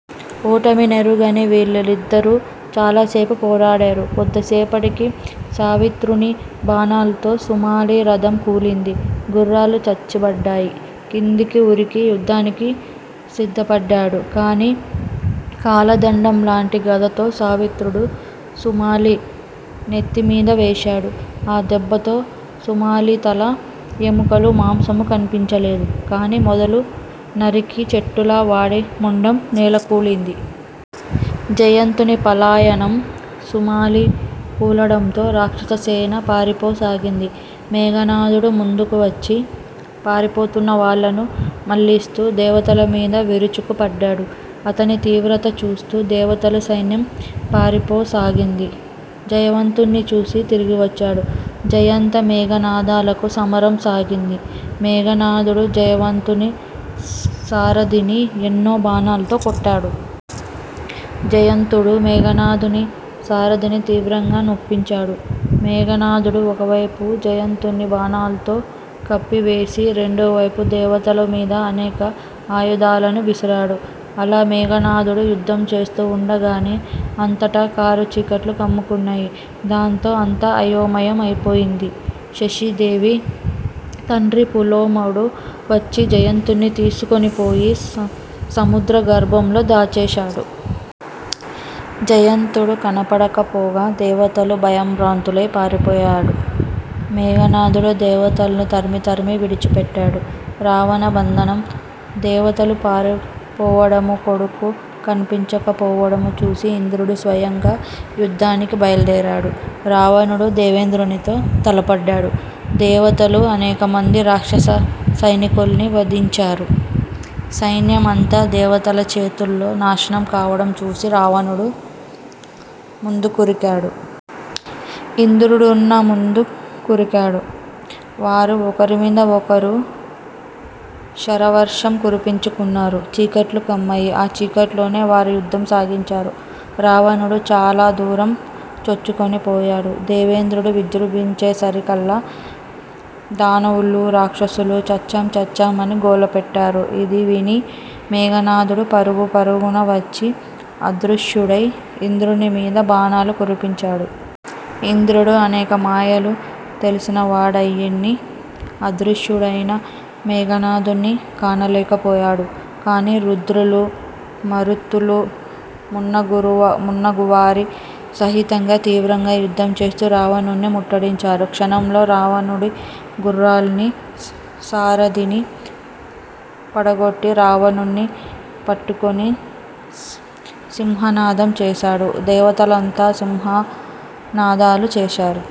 ఓటమినెరుగని వీరులిద్దరూ చాలసేపు పోరాడారు. కొంతసేపటికి సావిత్రుని బాణాల్తో సుమాలి రథం కూలింది. గుర్రాలు చచ్చిపడ్డాయి. కిందికి ఉరికి యుద్దానికి సిద్దపడ్డాడు. కాని కాలదండం లాంటి గదతో సావిత్రుడు సుమాలి నెత్తిమీదవేశాడు. ఆ దెబ్బతో సుమాలితలా, ఎముకలూ, మాంసమూ కనిపించలేదు. కాని మొదలు నరికిన చెట్టులా వాడి మొండెం నేలకూలింది. జయంతుని పలాయనం: సుమాలి కూలడంతో రాక్షససేన పారిపోసాగింది. మేఘనాధుడు ముందుకు వచ్చి పారిపోతున్న వాళ్ళను మళ్ళిస్తూ దేవతలమీద విరుచుకు పడ్డాడు. అతని తీవ్రత చూస్తూ దేవతల సైన్యం పారిపోసాగింది. జయవంతుణ్ని చూసి తిరిగివచ్చారు. జయంత మేఘనాధులకు సమరం సాగింది. మేఘనాధుడు జయవంతుని సారధిని ఎన్నో బాణాల్తో కొట్టాడు. జయంతుడూ మేఘనాధుని సారధిని తీవ్రంగా నొప్పించాడు. మేఘనాధుడు ఒకవైపు జయంతుణ్ని బాణాల్తో కప్పివేసి రెండోవైపు దేవతల మీద అనేక ఆయుధాలను విసిరాడు. అలా మేఘనాధుడు యుద్దం చేస్తు వుండగానే అంతటా కారుచీకట్లు కమ్ముకున్నాయి. దాంతో అంతా అయోమయం అయిపోయింది. శచీదేవి తండ్రి పులోముడు వచ్చి జయంతుణ్ని తీసుకొనిపోయి సముద్ర గర్భంలో దాచేశాడు. జయంతుడు కనపడకపోగా దేవతలు భయభ్రాంతులై పారిపోయారు. మేఘనాధుడు దేవతల్ను తరిమి తరిమి విడిచిపెట్టాడు. రావణ బంధనం: దేవతలు పారిపోవడమూ కొడుకు కనిపించకపోవడమూ చూసి ఇంద్రుడు స్వయంగా యుద్దానికి బైల్దేరాడు. రావణుడు దేవేంద్రునితో తలపడ్డాడు. దేవతలు అనేకమంది రాక్షస సైనికుల్ని వధించారు. సైన్యం అంతా దేవతల చేతుల్లో నాశనం కావడం చూసి రావణుడు ముందుకురికాడు. ఇంద్రుడున్నూ ముందు కురికాడు. వారు ఒకరిమీద ఒకరు శరవర్షం కురిపించుకున్నారు. చీకట్లు కమ్మాయి. ఆ చీకట్లోనే వారు యుద్దం సాగించారు. రావణుడు చాలదూరం చొచ్చుకొనిపోయాడు. దేవేంద్రుడు విజృంభించేసరికల్లా దానవులూ, రాక్షసులూ, చచ్చాం చచ్చాం అని గోలపెట్టారు. అది విని మేఘనాధుడు పరుగు పరుగున వచ్చి అదృశ్యుడై ఇంద్రుని మీద బాణాలు కురిపించాడు. ఇంద్రుడు అనేక మాయలు తెలిసినవాడయ్యిన్నీ అదృశ్యుడైన మేఘనాధుడ్ని కానలేకపోయాడు. కాని రుద్రులూ, మరుత్తులూ మున్నగువారి సహితంగా తీవ్రంగా యుద్దంచేస్తూ రావణుడ్ని ముట్టడించారు. క్షణంలో రావణుడి గుర్రాల్నీ, సారథినీ పడగొట్టి రావణుడ్ని పట్టుకొని సింహనాదం చేశాడు. దేవతలంతా సింహనాదాలు చేశారు.